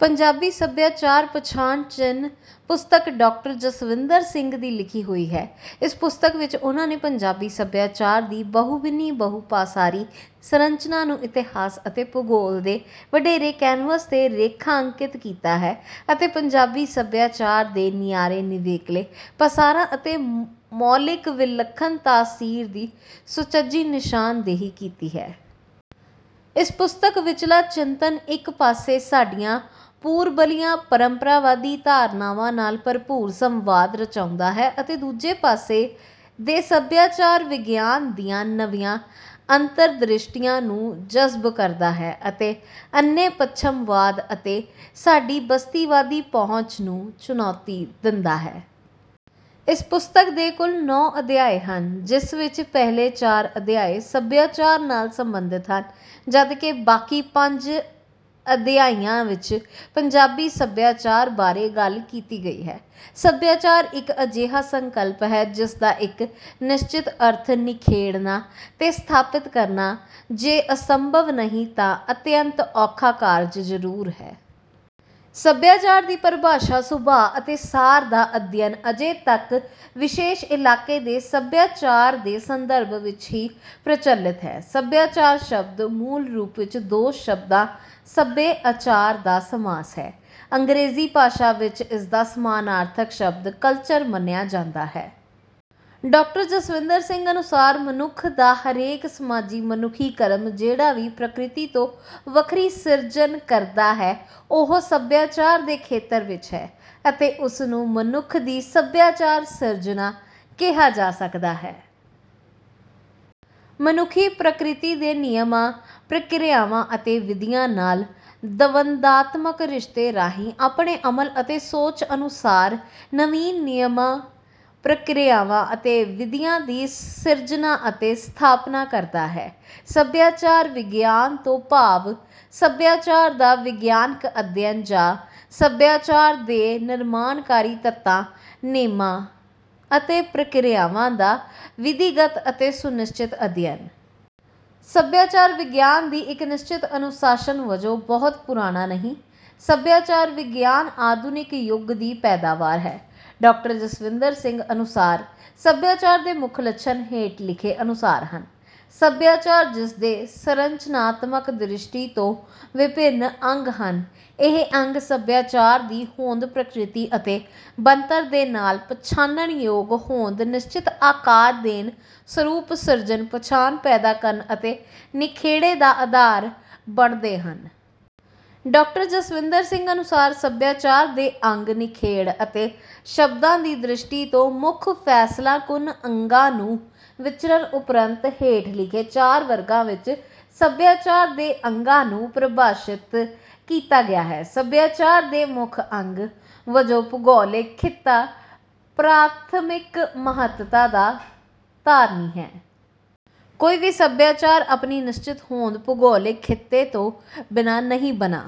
ਪੰਜਾਬੀ ਸਭਿਆਚਾਰ ਪਛਾਣ ਚਿੰਨ੍ਹ ਪੁਸਤਕ ਡਾਕਟਰ ਜਸਵਿੰਦਰ ਸਿੰਘ ਦੀ ਲਿਖੀ ਹੋਈ ਹੈ। ਇਸ ਪੁਸਤਕ ਵਿੱਚ ਉਨ੍ਹਾਂ ਨੇ ਪੰਜਾਬੀ ਸਭਿਆਚਾਰ ਦੀ ਬਹੁਵੰਨੀ ਬਹੁਪਾਸਾਰੀ ਸੰਰਚਨਾ ਨੂੰ ਇਤਿਹਾਸ ਅਤੇ ਭੂਗੋਲ ਦੇ ਵਡੇਰੇ ਕੈਨਵਸ ਤੇ ਰੇਖਾਂਕਿਤ ਕੀਤਾ ਹੈ ਅਤੇ ਪੰਜਾਬੀ ਸਭਿਆਚਾਰ ਦੇ ਨਿਆਰੇ ਨਿਵੇਕਲੇ ਪਾਸਾਰਾਂ ਅਤੇ ਮੌਲਿਕ ਵਿਲਖਣ ਤਾਸੀਰ ਦੀ ਸੁਚੱਜੀ ਨਿਸ਼ਾਨਦੇਹੀ ਕੀਤੀ ਹੈ। ਇਸ ਪੁਸਤਕ ਵਿੱਚਲਾ ਚਿੰਤਨ ਇੱਕ ਪਾਸੇ ਸਾਡੀਆਂ ਪੂਰਬਲੀਆਂ ਪਰੰਪਰਾਵਾਦੀ ਧਾਰਨਾਵਾਂ ਨਾਲ ਭਰਪੂਰ ਸੰਵਾਦ ਰਚਾਉਂਦਾ ਹੈ ਅਤੇ ਦੂਜੇ ਪਾਸੇ ਦੇ ਸਭਿਆਚਾਰ ਵਿਗਿਆਨ ਦੀਆਂ ਨਵੀਆਂ ਅੰਤਰਦ੍ਰਿਸ਼ਟੀਆਂ ਨੂੰ ਜਜਬ ਕਰਦਾ ਹੈ ਅਤੇ ਅੰਨੇ ਪੱਛਮਵਾਦ ਅਤੇ ਸਾਡੀ ਬਸਤੀਵਾਦੀ ਪਹੁੰਚ ਨੂੰ ਚੁਣੌਤੀ ਦਿੰਦਾ ਹੈ। ਇਸ ਪੁਸਤਕ ਦੇ ਕੁਲ ਨੌਂ ਅਧਿਆਏ ਹਨ। ਜਿਸ ਵਿੱਚ ਪਹਿਲੇ ਚਾਰ ਅਧਿਆਏ ਸਭਿਆਚਾਰ ਨਾਲ ਸਬੰਧਤ ਹਨ ਜਦਕਿ ਬਾਕੀ ਪੰਜ ਅਧਿਆਇਆਂ ਵਿੱਚ ਪੰਜਾਬੀ ਸਭਿਆਚਾਰ ਬਾਰੇ ਗੱਲ ਕੀਤੀ ਗਈ ਹੈ। ਸਭਿਆਚਾਰ ਇੱਕ ਅਜਿਹਾ ਸੰਕਲਪ ਹੈ ਜਿਸ ਦਾ ਇੱਕ ਨਿਸਚਿਤ ਅਰਥ ਨਿਖੇੜਨਾ ਤੇ ਸਥਾਪਿਤ ਕਰਨਾ ਜੇ ਅਸੰਭਵ ਨਹੀਂ ਤਾਂ ਅਤਿਅੰਤ ਔਖਾ ਕਾਰਜ ਜਰੂਰ ਹੈ। ਸਭਿਆਚਾਰ ਦੀ ਪਰਿਭਾਸ਼ਾ ਸੁਭਾਅ ਅਤੇ ਸਾਰ ਦਾ ਅਧਿਐਨ ਅਜੇ ਤੱਕ ਵਿਸ਼ੇਸ਼ ਇਲਾਕੇ ਦੇ ਸਭਿਆਚਾਰ ਦੇ ਸੰਦਰਭ ਵਿੱਚ ਹੀ ਪ੍ਰਚਲਤ ਹੈ। ਸਭਿਆਚਾਰ ਸ਼ਬਦ ਮੂਲ ਰੂਪ ਵਿੱਚ ਦੋ ਸ਼ਬਦਾ ਸਭਯ ਆਚਾਰ ਦਾ ਸਮਾਸ ਹੈ। ਅੰਗਰੇਜੀ ਭਾਸ਼ਾ ਵਿੱਚ ਇਸਦਾ ਸਮਾਨਾਰਥਕ ਸ਼ਬਦ ਕਲਚਰ ਮੰਨਿਆ ਜਾਂਦਾ ਹੈ। ਡਾਕਟਰ ਜਸਵਿੰਦਰ ਸਿੰਘ ਅਨੁਸਾਰ ਮਨੁਖ ਦਾ ਹਰੇਕ ਸਮਾਜੀ ਮਨੁਖੀ ਕਰਮ ਜਿਹੜਾ ਵੀ ਪ੍ਰਕਿਰਤੀ ਤੋਂ ਵਖਰੀ ਸਿਰਜਣ ਕਰਦਾ ਹੈ ਉਹ ਸਭਿਆਚਾਰ ਦੇ ਖੇਤਰ ਵਿੱਚ ਹੈ ਅਤੇ ਉਸ ਨੂੰ ਮਨੁਖ ਦੀ ਸਭਿਆਚਾਰ ਸਿਰਜਣਾ ਕਿਹਾ ਜਾ ਸਕਦਾ ਹੈ। ਮਨੁੱਖ ਪ੍ਰਕਿਰਤੀ ਦੇ ਨਿਯਮਾਂ ਪ੍ਰਕਿਰਿਆਵਾਂ ਅਤੇ ਵਿਧੀਆਂ ਨਾਲ ਦਵੰਦਾਤਮਕ ਰਿਸ਼ਤੇ ਰਾਹੀਂ ਆਪਣੇ ਅਮਲ ਅਤੇ ਸੋਚ ਅਨੁਸਾਰ ਨਵੀਨ ਨਿਯਮਾਂ ਪ੍ਰਕਿਰਿਆਵਾਂ ਅਤੇ ਵਿਧੀਆਂ ਦੀ ਸਿਰਜਣਾ ਅਤੇ ਸਥਾਪਨਾ ਕਰਦਾ ਹੈ। ਸਭਿਆਚਾਰ ਵਿਗਿਆਨ ਤੋਂ ਭਾਵ ਸਭਿਆਚਾਰ ਦਾ ਵਿਗਿਆਨਕ ਅਧਿਐਨ ਜਾਂ ਸਭਿਆਚਾਰ ਦੇ ਨਿਰਮਾਣਕਾਰੀ ਤੱਤਾਂ ਨੇਮਾਂ ਅਤੇ ਪ੍ਰਕਿਰਿਆਵਾਂ ਦਾ ਵਿਧੀਗਤ ਅਤੇ ਸੁਨਿਸਚਿਤ ਅਧਿਐਨ। ਸਭਿਆਚਾਰ ਵਿਗਿਆਨ ਇੱਕ ਨਿਸਚਿਤ ਅਨੁਸਾਸ਼ਨ ਵਜੋਂ ਬਹਤਾ ਪੁਰਾਣਾ ਨਹੀਂ। ਸਭਿਆਚਾਰ ਵਿਗਿਆਨ ਆਧੁਨਿਕ ਯੁੱਗ ਦੀ ਪੈਦਾਵਾਰ ਹੈ। ਡਾਕਟਰ ਜਸਵਿੰਦਰ ਸਿੰਘ ਅਨੁਸਾਰ ਸਭਿਆਚਾਰ ਦੇ ਮੁਖ ਲੱਛਣ ਹੇਠ ਲਿਖੇ ਅਨੁਸਾਰ ਹਨ। ਸਭਿਆਚਾਰ ਜਿਸਦੇ ਸੰਰਚਨਾਤਮਕ ਦ੍ਰਿਸ਼ਟੀ ਤੋਂ ਵਿਭਿੰਨ ਅੰਗ ਹਨ ਇਹ ਅੰਗ ਸਭਿਆਚਾਰ ਦੀ ਹੋਂਦ ਪ੍ਰਕਿਰਤੀ ਅਤੇ ਬਣਤਰ ਦੇ ਨਾਲ ਪਛਾਨਣਯੋਗ ਹੋਂਦ ਨਿਸਚਿਤ ਆਕਾਰ ਦੇਣ ਸਰੂਪ ਸਿਰਜਣ ਪਛਾਣ ਪੈਦਾ ਕਰਨ ਅਤੇ ਨਿਖੇੜੇ ਦਾ ਆਧਾਰ ਬਣਦੇ ਹਨ। ਡਾਕਟਰ ਜਸਵਿੰਦਰ ਸਿੰਘ ਅਨੁਸਾਰ ਸਭਿਆਚਾਰ ਦੇ ਅੰਗ ਨਿਖੇੜ ਅਤੇ ਸ਼ਬਦਾਂ ਦੀ ਦ੍ਰਿਸ਼ਟੀ ਤੋਂ ਮੁਖ ਫੈਸਲਾਕੁਨ ਅੰਗਾਂ ਨੂੰ ਵਿਚਰਣ ਉਪਰੰਤ ਹੇਠ ਲਿਖੇ ਚਾਰ ਵਰਗਾਂ ਵਿੱਚ ਸਭਿਆਚਾਰ ਦੇ ਅੰਗਾਂ ਨੂੰ ਪਰਿਭਾਸ਼ਤ ਕੀਤਾ ਗਿਆ ਹੈ। ਸਭਿਆਚਾਰ ਦੇ ਮੁਖ ਅੰਗ ਵਜੋਂ ਭੂਗੌਲਿਕ ਖਿੱਤਾ ਪ੍ਰਾਥਮਿਕ ਮਹੱਤਤਾ ਦਾ ਧਾਰਨੀ ਹੈ। ਕੋਈ ਵੀ ਸਭਿਆਚਾਰ ਆਪਣੀ ਨਿਸ਼ਚਿਤ ਹੋਂਦ ਭੂਗੌਲਿਕ ਖਿਤੇ ਤੋਂ ਬਿਨਾ ਨਹੀਂ ਬਣਾ